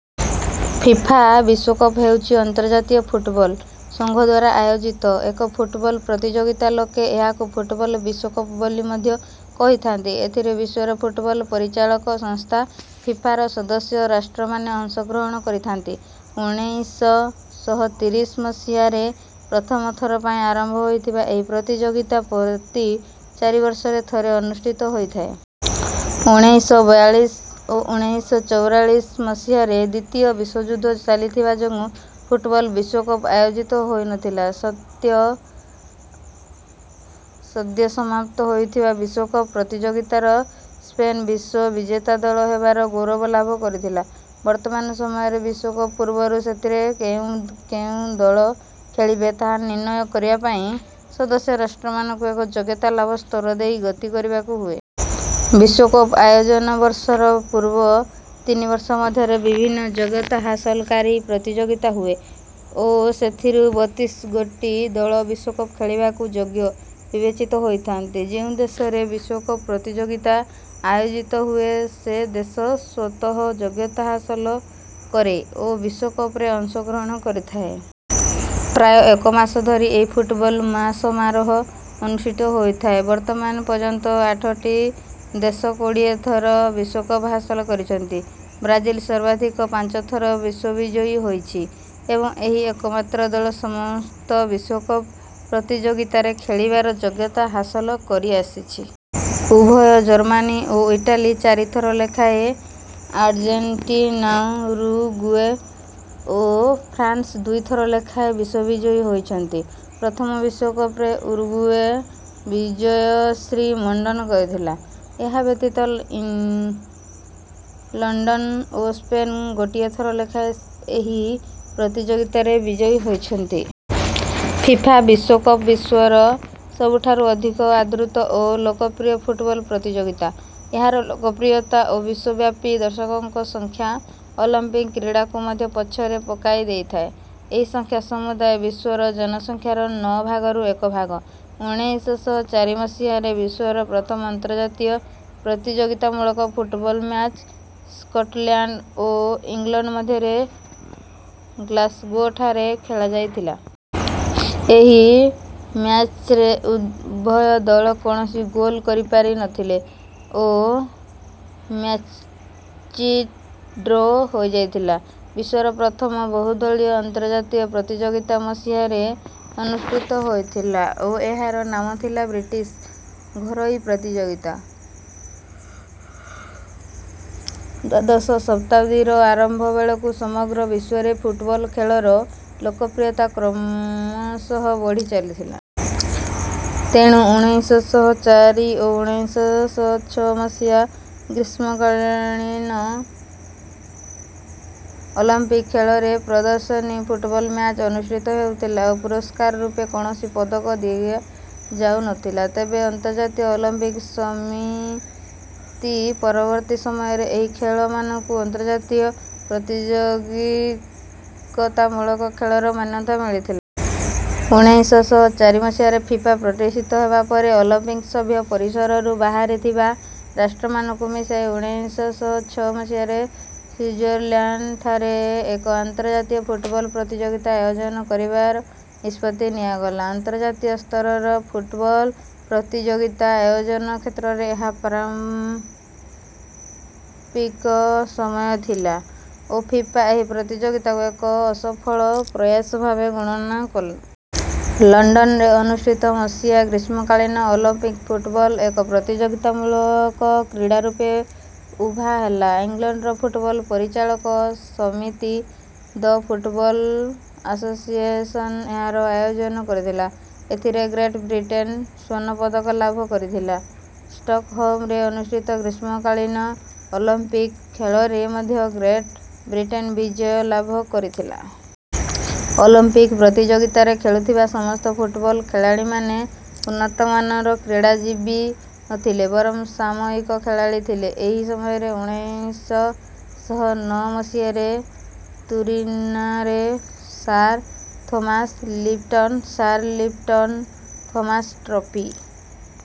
FIFA ବିଶ୍ୱକପ ହେଉଛି ଅନ୍ତର୍ଜାତୀୟ ଫୁଟବଲ୍ ସଂଘଦ୍ୱାରା ଆୟୋଜିତ ଏକ ଫୁଟବଲ୍ ପ୍ରତିଯୋଗିତା। ଲୋକେ ଏହାକୁ ଫୁଟବଲ୍ ବିଶ୍ୱକପ ବୋଲି ମଧ୍ୟ କହିଥାନ୍ତି। ଏଥିରେ ବିଶ୍ୱର ଫୁଟବଲ୍ ପରିଚାଳକ ସଂସ୍ଥା ଫିଫା ର ସଦସ୍ୟ ରାଷ୍ଟ୍ରମାନେ ଅଂଶ ଗ୍ରହଣ କରିଥାନ୍ତି। ଉଣେଇଶ ଶହ ତିରିଶ ମସିହାରେ ପ୍ରଥମ ଥର ପାଇଁ ଆରମ୍ଭ ହୋଇଥିବା ଏହି ପ୍ରତିଯୋଗିତା ପ୍ରତି ଚାରି ବର୍ଷରେ ଥରେ ଅନୁଷ୍ଠିତ ହୋଇଥାଏ। ଉଣେଇଶ ବୟାଳିଶ ଓ ଉଣେଇଶ ଚଉରାଳିଶ ମସିହାରେ ଦ୍ୱିତୀୟ ବିଶ୍ୱଯୁଦ୍ଧ ଚାଲିଥିବା ଯୋଗୁଁ ଫୁଟବଲ୍ ବିଶ୍ୱକପ ଆୟୋଜିତ ହୋଇନଥିଲା। ସତ୍ୟ ସଦ୍ୟ ସମାପ୍ତ ହୋଇଥିବା ବିଶ୍ୱକପ ପ୍ରତିଯୋଗିତାର ସ୍ପେନ ବିଶ୍ୱବିଜେତା ଦଳ ହେବାର ଗୌରବ ଲାଭ କରିଥିଲା। ବର୍ତ୍ତମାନ ସମୟରେ ବିଶ୍ୱକପ ପୂର୍ବରୁ ସେଥିରେ କେଉଁ କେଉଁ ଦଳ ଖେଳିବେ ତାହା ନିର୍ଣ୍ଣୟ କରିବା ପାଇଁ ସଦସ୍ୟ ରାଷ୍ଟ୍ରମାନଙ୍କୁ ଏକ ଯୋଗ୍ୟତା ଲାଭ ସ୍ତର ଦେଇ ଗତି କରିବାକୁ ହୁଏ। ବିଶ୍ୱକପ ଆୟୋଜନ ବର୍ଷର ପୂର୍ବ ତିନି ବର୍ଷ ମଧ୍ୟରେ ବିଭିନ୍ନ ଯୋଗ୍ୟତା ହାସଲକାରୀ ପ୍ରତିଯୋଗିତା ହୁଏ ଓ ସେଥିରୁ ବତିଶ ଗୋଟି ଦଳ ବିଶ୍ୱକପ ଖେଳିବାକୁ ଯୋଗ୍ୟ ବିବେଚିତ ହୋଇଥାନ୍ତି। ଯେଉଁ ଦେଶରେ ବିଶ୍ୱକପ ପ୍ରତିଯୋଗିତା ଆୟୋଜିତ ହୁଏ ସେ ଦେଶ ସ୍ୱତଃ ଯୋଗ୍ୟତା ହାସଲ କରେ ଓ ବିଶ୍ୱକପରେ ଅଂଶ ଗ୍ରହଣ କରିଥାଏ। ପ୍ରାୟ ଏକ ମାସ ଧରି ଏହି ଫୁଟବଲ ମହାସମାରୋହ ଅନୁଷ୍ଠିତ ହୋଇଥାଏ। ବର୍ତ୍ତମାନ ପର୍ଯ୍ୟନ୍ତ ଆଠଟି ଦେଶ କୋଡ଼ିଏ ଥର ବିଶ୍ୱକପ ହାସଲ କରିଛନ୍ତି। ବ୍ରାଜିଲ ସର୍ବାଧିକ ପାଞ୍ଚ ଥର ବିଶ୍ୱବିଜୟୀ ହୋଇଛି ଏବଂ ଏହି ଏକମାତ୍ର ଦଳ ସମସ୍ତ ବିଶ୍ୱକପ ପ୍ରତିଯୋଗିତାରେ ଖେଳିବାର ଯୋଗ୍ୟତା ହାସଲ କରିଆସିଛି। ଉଭୟ ଜର୍ମାନୀ ଓ ଇଟାଲୀ ଚାରି ଥର ଲେଖାଏଁ ଆର୍ଜେଣ୍ଟିନାଉରୁଗୁଏ ଓ ଫ୍ରାନ୍ସ ଦୁଇ ଥର ଲେଖାଏଁ ବିଶ୍ୱବିଜୟୀ ହୋଇଛନ୍ତି। ପ୍ରଥମ ବିଶ୍ୱକପରେ ଉରୁଗୁଏ ବିଜୟଶ୍ରୀ ମଣ୍ଡନ କରିଥିଲା। ଏହା ବ୍ୟତୀତ ଲଂଲଣ୍ଡନ ଓ ସ୍ପେନ୍ ଗୋଟିଏ ଥର ଲେଖାଏଁ ଏହି ପ୍ରତିଯୋଗିତାରେ ବିଜୟୀ ହୋଇଛନ୍ତି। ଫିଫା ବିଶ୍ୱକପ ବିଶ୍ୱର ସବୁଠାରୁ ଅଧିକ ଆଦୃତ ଓ ଲୋକପ୍ରିୟ ଫୁଟବଲ୍ ପ୍ରତିଯୋଗିତା। ଏହାର ଲୋକପ୍ରିୟତା ଓ ବିଶ୍ୱବ୍ୟାପୀ ଦର୍ଶକଙ୍କ ସଂଖ୍ୟା ଅଲମ୍ପିକ୍ କ୍ରୀଡ଼ାକୁ ମଧ୍ୟ ପଛରେ ପକାଇ ଦେଇଥାଏ। ଏହି ସଂଖ୍ୟା ସମୁଦାୟ ବିଶ୍ୱର ଜନସଂଖ୍ୟାର ନଅ ଭାଗରୁ ଏକ ଭାଗ। ଉଣେଇଶ ଶହ ଚାରି ମସିହାରେ ବିଶ୍ୱର ପ୍ରଥମ ଅନ୍ତର୍ଜାତୀୟ ପ୍ରତିଯୋଗିତାମୂଳକ ଫୁଟବଲ୍ ମ୍ୟାଚ୍ ସ୍କଟଲ୍ୟାଣ୍ଡ ଓ ଇଂଲଣ୍ଡ ମଧ୍ୟରେ ଗ୍ଲାସ୍ଗୋଠାରେ ଖେଳାଯାଇଥିଲା। ଏହି ମ୍ୟାଚ୍ରେ ଉଭୟ ଦଳ କୌଣସି ଗୋଲ୍ କରିପାରି ନଥିଲେ ଓ ମ୍ୟାଚି ଡ୍ର ହୋଇଯାଇଥିଲା। ବିଶ୍ୱର ପ୍ରଥମ ବହୁଦଳୀୟ ଅନ୍ତର୍ଜାତୀୟ ପ୍ରତିଯୋଗିତା ମସିହାରେ ଅନୁଷ୍ଠିତ ହୋଇଥିଲା ଓ ଏହାର ନାମ ଥିଲା ବ୍ରିଟିଶ୍ ଘରୋଇ ପ୍ରତିଯୋଗିତା। ଦ୍ୱାଦଶ ଶତାବ୍ଦୀର ଆରମ୍ଭ ବେଳକୁ ସମଗ୍ର ବିଶ୍ୱରେ ଫୁଟବଲ୍ ଖେଳର ଲୋକପ୍ରିୟତା କ୍ରମଶଃ ବଢ଼ି ଚାଲିଥିଲା। ତେଣୁ ଉଣେଇଶ ଶହ ଚାରି ଓ ଉଣେଇଶ ଶହ ଛଅ ମସିହା ଗ୍ରୀଷ୍ମକାଳୀନ ଅଲମ୍ପିକ୍ ଖେଳରେ ପ୍ରଦର୍ଶନୀ ଫୁଟବଲ୍ ମ୍ୟାଚ୍ ଅନୁଷ୍ଠିତ ହେଉଥିଲା ଓ ପୁରସ୍କାର ରୂପେ କୌଣସି ପଦକ ଦିଆଯାଉନଥିଲା। ତେବେ ଅନ୍ତର୍ଜାତୀୟ ଅଲମ୍ପିକ୍ ସମିତି ପରବର୍ତ୍ତୀ ସମୟରେ ଏହି ଖେଳମାନଙ୍କୁ ଅନ୍ତର୍ଜାତୀୟ ପ୍ରତିଯୋଗିକତାମୂଳକ ଖେଳର ମାନ୍ୟତା ମିଳିଥିଲା। ଉଣେଇଶ ଶହ ଚାରି ମସିହାରେ ଫିଫା ପ୍ରତିଷ୍ଠିତ ହେବା ପରେ ଅଲମ୍ପିକ୍ ସଭ୍ୟ ପରିସରରୁ ବାହାରେ ଥିବା ରାଷ୍ଟ୍ରମାନଙ୍କୁ ମିଶାଇ ଉଣେଇଶ ଶହ ଛଅ ମସିହାରେ ସ୍ୱିଜରଲ୍ୟାଣ୍ଡଠାରେ ଏକ ଅନ୍ତର୍ଜାତୀୟ ଫୁଟବଲ୍ ପ୍ରତିଯୋଗିତା ଆୟୋଜନ କରିବାର ନିଷ୍ପତ୍ତି ନିଆଗଲା। ଅନ୍ତର୍ଜାତୀୟ ସ୍ତରର ଫୁଟବଲ୍ ପ୍ରତିଯୋଗିତା ଆୟୋଜନ କ୍ଷେତ୍ରରେ ଏହା ପ୍ରାରମ୍ଭିକ ସମୟ ଥିଲା ଓ ଫିଫା ଏହି ପ୍ରତିଯୋଗିତାକୁ ଏକ ଅସଫଳ ପ୍ରୟାସ ଭାବେ ଗଣନା କଲେ। ଲଣ୍ଡନରେ ଅନୁଷ୍ଠିତ ମସିହା ଗ୍ରୀଷ୍ମକାଳୀନ ଅଲମ୍ପିକ୍ ଫୁଟବଲ୍ ଏକ ପ୍ରତିଯୋଗିତାମୂଳକ କ୍ରୀଡ଼ା ରୂପେ ଉଭା ହେଲା। ଇଂଲଣ୍ଡର ଫୁଟବଲ୍ ପରିଚାଳକ ସମିତି ଦ ଫୁଟବଲ୍ ଆଶୋସିଏସନ୍ ଏହାର ଆୟୋଜନ କରିଥିଲା। ଏଥିରେ ଗ୍ରେଟ୍ ବ୍ରିଟେନ୍ ସ୍ୱର୍ଣ୍ଣ ପଦକ ଲାଭ କରିଥିଲା। ଷ୍ଟକହୋମରେ ଅନୁଷ୍ଠିତ ଗ୍ରୀଷ୍ମକାଳୀନ ଅଲମ୍ପିକ୍ ଖେଳରେ ମଧ୍ୟ ଗ୍ରେଟ୍ ବ୍ରିଟେନ୍ ବିଜୟ ଲାଭ କରିଥିଲା। ଅଲମ୍ପିକ୍ ପ୍ରତିଯୋଗିତାରେ ଖେଳୁଥିବା ସମସ୍ତ ଫୁଟବଲ୍ ଖେଳାଳୀମାନେ ଉନ୍ନତମାନର କ୍ରୀଡ଼ାଜୀବୀ ନଥିଲେ ବରଂ ସାମୟିକ ଖେଳାଳୀ ଥିଲେ। ଏହି ସମୟରେ ଉଣେଇଶ ଶହ ନଅ ମସିହାରେ ତୁରିନାରେ Sir Thomas Lipton Sir Lipton Thomas trophy